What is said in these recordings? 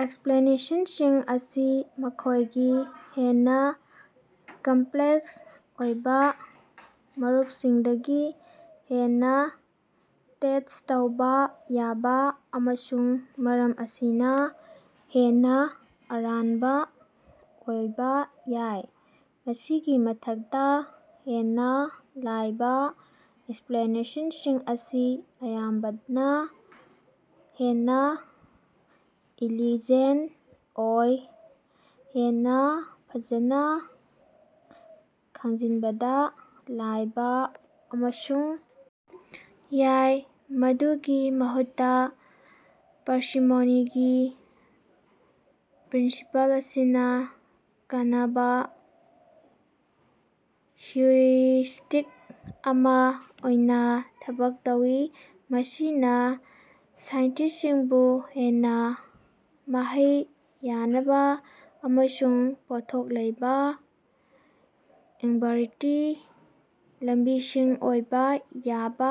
ꯑꯦꯛꯁꯄ꯭ꯂꯦꯅꯦꯁꯟꯁꯤꯡ ꯑꯁꯤ ꯃꯈꯣꯏꯒꯤ ꯍꯦꯟꯅꯥ ꯀꯝꯄ꯭ꯂꯦꯛꯁ ꯑꯣꯏꯕꯥ ꯃꯔꯨꯄꯁꯤꯡꯗꯒꯤ ꯍꯦꯟꯅꯥ ꯇꯦꯠꯁ ꯇꯧꯕꯥ ꯌꯥꯕꯥ, ꯑꯃꯁꯨꯡ ꯃꯔꯝ ꯑꯁꯤꯅꯥ ꯍꯦꯟꯅꯥ ꯑꯔꯥꯟꯕꯥ ꯑꯣꯏꯕꯥ ꯌꯥꯏ꯫ ꯃꯁꯤꯒꯤ ꯃꯊꯛꯇꯥ, ꯍꯦꯟꯅꯥ ꯂꯥꯏꯕꯥ ꯑꯦꯛꯁꯄ꯭ꯂꯦꯅꯦꯁꯟꯁꯤꯡ ꯑꯁꯤ ꯑꯌꯥꯝꯕꯅꯥ ꯍꯦꯟꯅꯥ ꯏꯂꯤꯖꯦꯟꯇ ꯑꯣꯏ, ꯍꯦꯟꯅꯥ ꯐꯖꯅ ꯈꯪꯖꯤꯟꯕꯗꯥ ꯂꯥꯏꯕ ꯑꯃꯁꯨꯡ ꯌꯥꯏ꯫ ꯃꯗꯨꯒꯤ ꯃꯍꯨꯠꯇꯥ, ꯄꯥꯔꯁꯤꯃꯣꯅꯤꯒꯤ ꯄ꯭ꯔꯤꯟꯁꯤꯄꯜ ꯑꯁꯤꯅ ꯀꯥꯟꯅꯕ ꯍꯤꯎꯔꯤꯁꯇꯤꯛ ꯑꯃꯥ ꯑꯣꯏꯅꯥ ꯊꯕꯛ ꯇꯧꯏ, ꯃꯁꯤꯅꯥ ꯁꯥꯏꯟꯇꯤꯁꯇꯁꯤꯡꯕꯨ ꯍꯦꯟꯅꯥ ꯃꯍꯩ ꯌꯥꯟꯅꯕꯥ ꯑꯃꯁꯨꯡ ꯄꯣꯠꯊꯣꯛ ꯂꯩꯕꯥ ꯏꯟꯕꯥꯔꯤꯇꯤ ꯂꯝꯕꯤꯁꯤꯡ ꯑꯣꯏꯕ ꯌꯥꯕ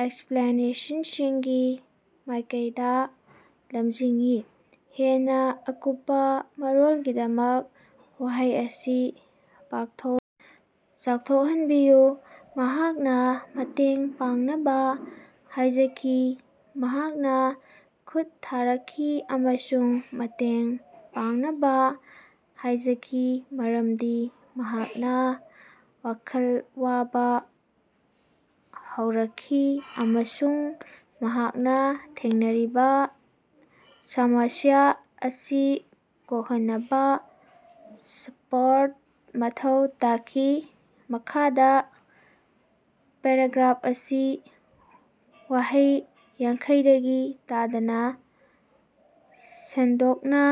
ꯑꯦꯛꯁꯄ꯭ꯂꯦꯅꯦꯁꯟꯁꯤꯡꯒꯤ ꯃꯥꯏꯀꯩꯗꯥ ꯂꯝꯖꯤꯡꯏ꯫ ꯍꯦꯟꯅꯥ ꯑꯀꯨꯞꯄꯥ ꯃꯔꯣꯂꯒꯤꯗꯃꯛ ꯋꯥꯍꯩ ꯑꯁꯤ ꯄꯥꯛꯊꯣꯛ ꯆꯥꯎꯊꯣꯛꯍꯟꯕꯤꯌꯨ꯫ ꯃꯍꯥꯛꯅꯥ ꯃꯇꯦꯡ ꯄꯥꯡꯅꯕꯥ ꯍꯥꯏꯖꯈꯤ꯫ ꯃꯍꯥꯛꯅꯥ ꯈꯨꯠ ꯊꯥꯔꯛꯈꯤ ꯑꯃꯁꯨꯡ ꯃꯇꯦꯡ ꯄꯥꯡꯅꯕꯥ ꯍꯥꯏꯖꯈꯤ ꯃꯔꯝꯗꯤ ꯃꯍꯥꯛꯅꯥ ꯋꯥꯈꯜ ꯋꯥꯕꯥ ꯍꯧꯔꯛꯈꯤ ꯑꯃꯁꯨꯡ ꯃꯍꯥꯛꯅꯥ ꯊꯦꯡꯅꯔꯤꯕꯥ ꯁꯃꯁ꯭ꯌꯥ ꯑꯁꯤ ꯀꯣꯛꯍꯟꯅꯕꯥ ꯁꯄꯣꯔꯠ ꯃꯊꯧ ꯇꯥꯈꯤ꯫ ꯃꯈꯥꯗ ꯄꯦꯔꯥꯒ꯭ꯔꯥꯐ ꯑꯁꯤ ꯋꯥꯍꯩ ꯌꯥꯡꯈꯩꯗꯒꯤ ꯇꯥꯗꯅꯥ ꯁꯟꯗꯣꯛꯅꯥ